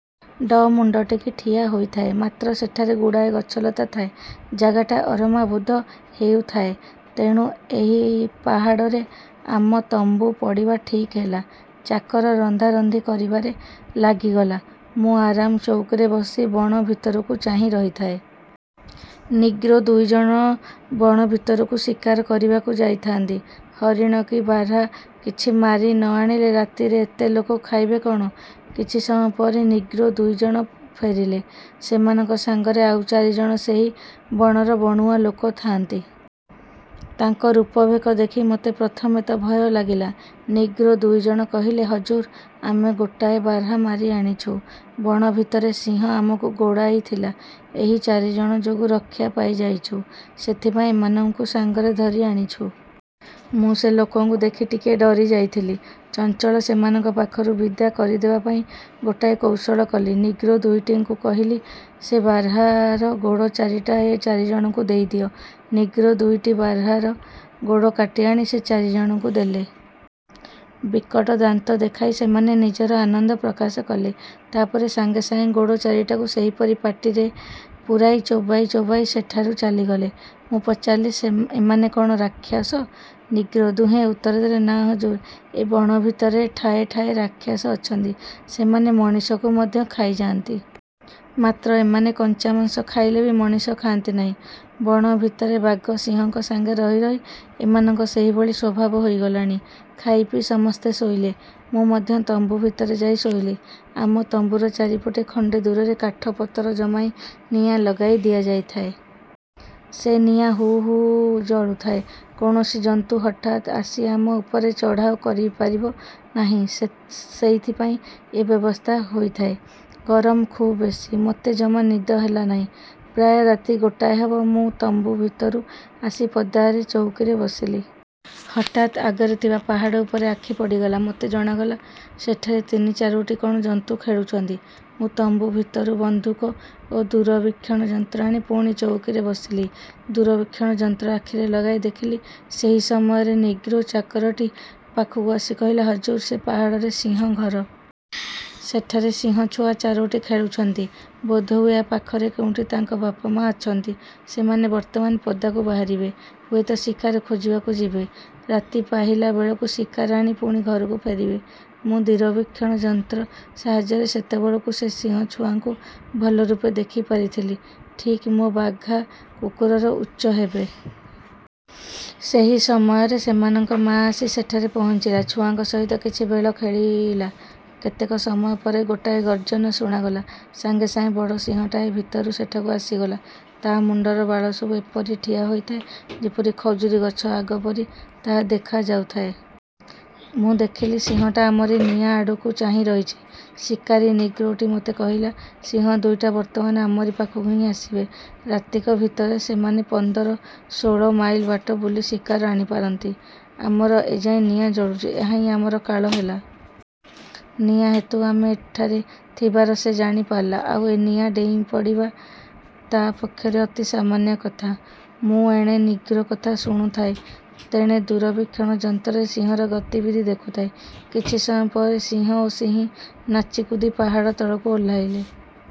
ଡ଼ ମୁଣ୍ଡ ଟେକି ଠିଆ ହୋଇଥାଏ; ମାତ୍ର ସେଠାରେ ଗୁଡ଼ାଏ ଗଛଲତା ଥାଏ, ଜାଗାଟା ଅରମା ବୋଧ ହେଉଥାଏ। ତେଣୁ ଏହି ପାହାଡ଼ରେ ଆମ ତମ୍ବୁ ପଡ଼ିବା ଠିକ୍ ହେଲା। ଚାକର ରନ୍ଧାରନ୍ଧି କରିବାରେ ଲାଗିଗଲା। ମୁଁ ଆରାମ ଚଉକିରେ ବସି ବଣ ଭିତରକୁ ଚାହିଁ ରହିଥାଏ। ନିଗ୍ରୋ ଦୁଇ ଜଣ ବଣ ଭିତରକୁ ଶିକାର କରିବାକୁ ଯାଇଥାନ୍ତି। ହରିଣ କି ବାର୍ହା କିଛି ମାରି ନ ଆଣିଲେ ରାତିରେ ଏତେ ଲୋକ ଖାଇବେ କଅଣ? କିଛି ସମୟ ପରେ ନିଗ୍ରୋ ଦୁଇ ଜଣ ଫେରିଲେ। ସେମାନଙ୍କ ସାଙ୍ଗରେ ଆଉ ଚାରି ଜଣ ସେହି ବଣର ବଣୁଆ ଲୋକ ଥାଆନ୍ତି। ତାଙ୍କ ରୂପ ଭେକ ଦେଖି ମୋତେ ପ୍ରଥମେ ତ ଭୟ ଲାଗିଲା। ନିଗ୍ରୋ ଦୁଇ ଜଣ କହିଲେ, "ହଜୁର, ଆମେ ଗୋଟାଏ ବାର୍ହା ମାରି ଆଣିଛୁ। ବଣ ଭିତରେ ସିଂହ ଆମକୁ ଗୋଡ଼ାଇ ଥିଲା। ଏହି ଚାରିଜଣଙ୍କ ଯୋଗୁଁ ରକ୍ଷା ପାଇଯାଇଛୁ। ସେଇଥିପାଇଁ ଏମାନଙ୍କୁ ସାଙ୍ଗରେ ଧରି ଆଣିଛୁ। ମୁଁ ସେ ଲୋକଙ୍କୁ ଦେଖି ଟିକିଏ ଡରି ଯାଇଥିଲି। ଚଞ୍ଚଳ ସେମାନଙ୍କୁ ପାଖରୁ ବିଦା କରିଦେବା ପାଇଁ ଗୋଟାଏ କୌଶଳ କଲି। ନିଗ୍ରୋ ଦୁଇଟିଙ୍କୁ କହିଲି, ''ସେ ବାର୍ହାର ଗୋଡ଼ ଚାରିଟା ଏ ଚାରିଜଣଙ୍କୁ ଦେଇଦିଅ। '' ନିଗ୍ରୋ ଦୁଇଟି ବାର୍ହାର ଗୋଡ଼ କାଟିଆଣି ସେ ଚାରିଜଣଙ୍କୁ ଦେଲେ। ବିକଟ ଦାନ୍ତ ଦେଖାଇ ସେମାନେ ନିଜର ଆନନ୍ଦ ପ୍ରକାଶ କଲେ। ତା'ପରେ ସାଙ୍ଗେ ସାଙ୍ଗେ ଗୋଡ଼ ଚାରିଟାକୁ ସେହିପରି ପାଟିରେ ପୂରାଇ ଚୋବାଇ ଚୋବାଇ ସେଠାରୁ ଚାଲିଗଲେ। ମୁଁ ପଚାରିଲି-ଏମାନେ କ'ଣ ରାକ୍ଷସ? ନିଗ୍ରୋ। ଦୁହେଁ ଉତ୍ତର ଦେଲେ-''ନାଁ ହଜୁର, ଏ ବଣ ଭିତରେ ଠାଏଠାଏ ରାକ୍ଷସ ଅଛନ୍ତି; ସେମାନେ ମଣିଷକୁ ମଧ୍ୟ ଖାଇଯାଆନ୍ତି। ମାତ୍ର ଏମାନେ କଞ୍ଚା ମାଂସ ଖାଇଲେ ବି ମଣିଷ ଖାଆନ୍ତି ନାହିଁ। ବଣ ଭିତରେ ବାଘ ସିଂହଙ୍କ ସାଙ୍ଗରେ ରହି ରହି ଏମାନଙ୍କର ସେହିଭଳି ସ୍ୱଭାବ ହୋଇଗଲାଣି। '' ଖାଇପିଇ ସମସ୍ତେ ଶୋଇଲେ। ମୁଁ ମଧ୍ୟ ତମ୍ବୁ ଭିତରେ ଯାଇ ଶୋଇଲି। ଆମ ତମ୍ବୁର ଚାରିପଟେ ଖଣ୍ଡେ ଦୂରରେ କାଠ ପତର ଜମାଇ ନିଆଁ ଲଗାଇ ଦିଆଯାଇଥାଏ। ସେ ନିଆଁ ହୁ ହୁ ଜଳୁଥାଏ। କୌଣସି ଜନ୍ତୁ ହଠାତ୍ ଆସି ଆମ ଉପରେ ଚଢ଼ାଉ କରିପାରିବ ନାହିଁ-ସେଇଥିପାଇଁ ଏ ବ୍ୟବସ୍ଥା ହୋଇଥାଏ। ଗରମ ଖୁବ ବେଶି; ମୋତେ ଜମା ନିଦ ହେଲା ନାହିଁ। ପ୍ରାୟ ରାତି ଗୋଟାଏ ହେବ, ମୁଁ ତମ୍ବୁ ଭିତରୁ ଆସି ପଦାରେ ଚଉକିରେ ବସିଲି। ହଠାତ୍ ଆଗରେ ଥିବା ପାହାଡ଼ ଉପରେ ଆଖି ପଡ଼ିଗଲା। ମୋତେ ଜଣାଗଲା, ସେଠାରେ ତିନି ଚାରୋଟି କ'ଣ ଜନ୍ତୁ ଖେଳୁଛନ୍ତି। ମୁଁ ତମ୍ବୁ ଭିତରୁ ବନ୍ଧୁକ ଓ ଦୂରବୀକ୍ଷଣ ଯନ୍ତ୍ର ଆଣି ପୁଣି ଚଉକିରେ ବସିଲି। ଦୂରବୀକ୍ଷଣ ଯନ୍ତ୍ର ଆଖିରେ ଲଗାଇ ଦେଖିଲି। ସେହି ସମୟରେ ନିଗ୍ରୋ ଚାକରଟି ପାଖକୁ ଆସି କହିଲା, "ହଜୁର, ସେ ପାହାଡ଼ରେ ସିଂହ ଘର। ସେଠାରେ ସିଂହଛୁଆ ଚାରୋଟି ଖେଳୁଛନ୍ତି। ବୋଧହୁଏ ପାଖରେ କେଉଁଠି ତାଙ୍କ ବାପ ମା' ଅଛନ୍ତି। ସେମାନେ ବର୍ତ୍ତମାନ ପଦାକୁ ବାହାରିବେ; ହୁଏତ ଶିକାର ଖୋଜିବାକୁ ଯିବେ। ରାତି ପାହିଲାବେଳକୁ ଶିକାର ଆଣି ପୁଣି ଘରକୁ ଫେରିବେ। ମୁଁ ଦୂରବୀକ୍ଷଣ ଯନ୍ତ୍ର ସାହାଯ୍ୟରେ ସେତେବେଳକୁ ସେ ସିଂହଛୁଆଙ୍କୁ ଭଲରୂପେ ଦେଖିପାରିଥିଲି-ଠିକ ମୋ ବାଘା କୁକୁରର ଉଚ୍ଚ ହେବେ। ସେହି ସମୟରେ ସେମାନଙ୍କ ମା' ଆସି ସେଠାରେ ପହଞ୍ଚିଲା। ଛୁଆଙ୍କ ସହିତ କିଛି ବେଳ ଖେଳିଲା। କେତେକ ସମୟ ପରେ ଗୋଟାଏ ଗର୍ଜନ ଶୁଣାଗଲା। ସାଙ୍ଗେ ସାଙ୍ଗେ ବଡ଼ ସିଂହଟାଏ ଭିତରୁ ସେଠାକୁ ଆସିଗଲା। ତା' ମୁଣ୍ଡର ବାଳସବୁ ଏପରି ଠିଆ ହୋଇଥାଏ ଯେ, ଖଜୁରୀ ଗଛ ଅଗ ପରି ତାହା ଦେଖା ଯାଉଥାଏ। ମୁଁ ଦେଖିଲି, ସିଂହଟା ଆମରି ନିଆଁ ଆଡ଼କୁ ଚାହିଁରହିଛି। ଶିକାରୀ ନିଗ୍ରୋଟି ମୋତେ କହିଲା, ''ସିଂହ ଦୁଇଟା ବର୍ତ୍ତମାନ ଆମରି ପାଖକୁ ହିଁ ଆସିବେ। ରାତିକ ଭିତରେ ସେମାନେ ପନ୍ଦର ଷୋଳ ମାଇଲ ବାଟ ବୁଲି ଶିକାର ଆଣିପାରନ୍ତି। ଆମର ଏ ଯେ ନିଆଁ ଜଳୁଛି, ଏହା ହିଁ ଆମର କାଳ ହେଲା। ନିଆଁ ହେତୁ ଆମେ ଏଠାରେ ଥିବାର ସେ ଜାଣିପାରିଲା। ଆଉ, ଏ ନିଆଁ ଡେଇଁପଡ଼ିବା ତା' ପକ୍ଷରେ ଅତି ସାମାନ୍ୟ କଥା। ମୁଁ ଏଣେ ନିଗ୍ରୋ କଥା ଶୁଣୁଥାଏଁ, ତେଣେ ଦୂରବୀକ୍ଷଣ ଯନ୍ତ୍ରରେ ସିଂହର ଗତିବିଧି ଦେଖୁଥାଏ। କିଛି ସମୟ ପରେ ସିଂହ ଓ ସିଂହୀ ନାଚିକୁଦି ପାହାଡ଼ ତଳକୁ ଓହ୍ଲାଇଲେ।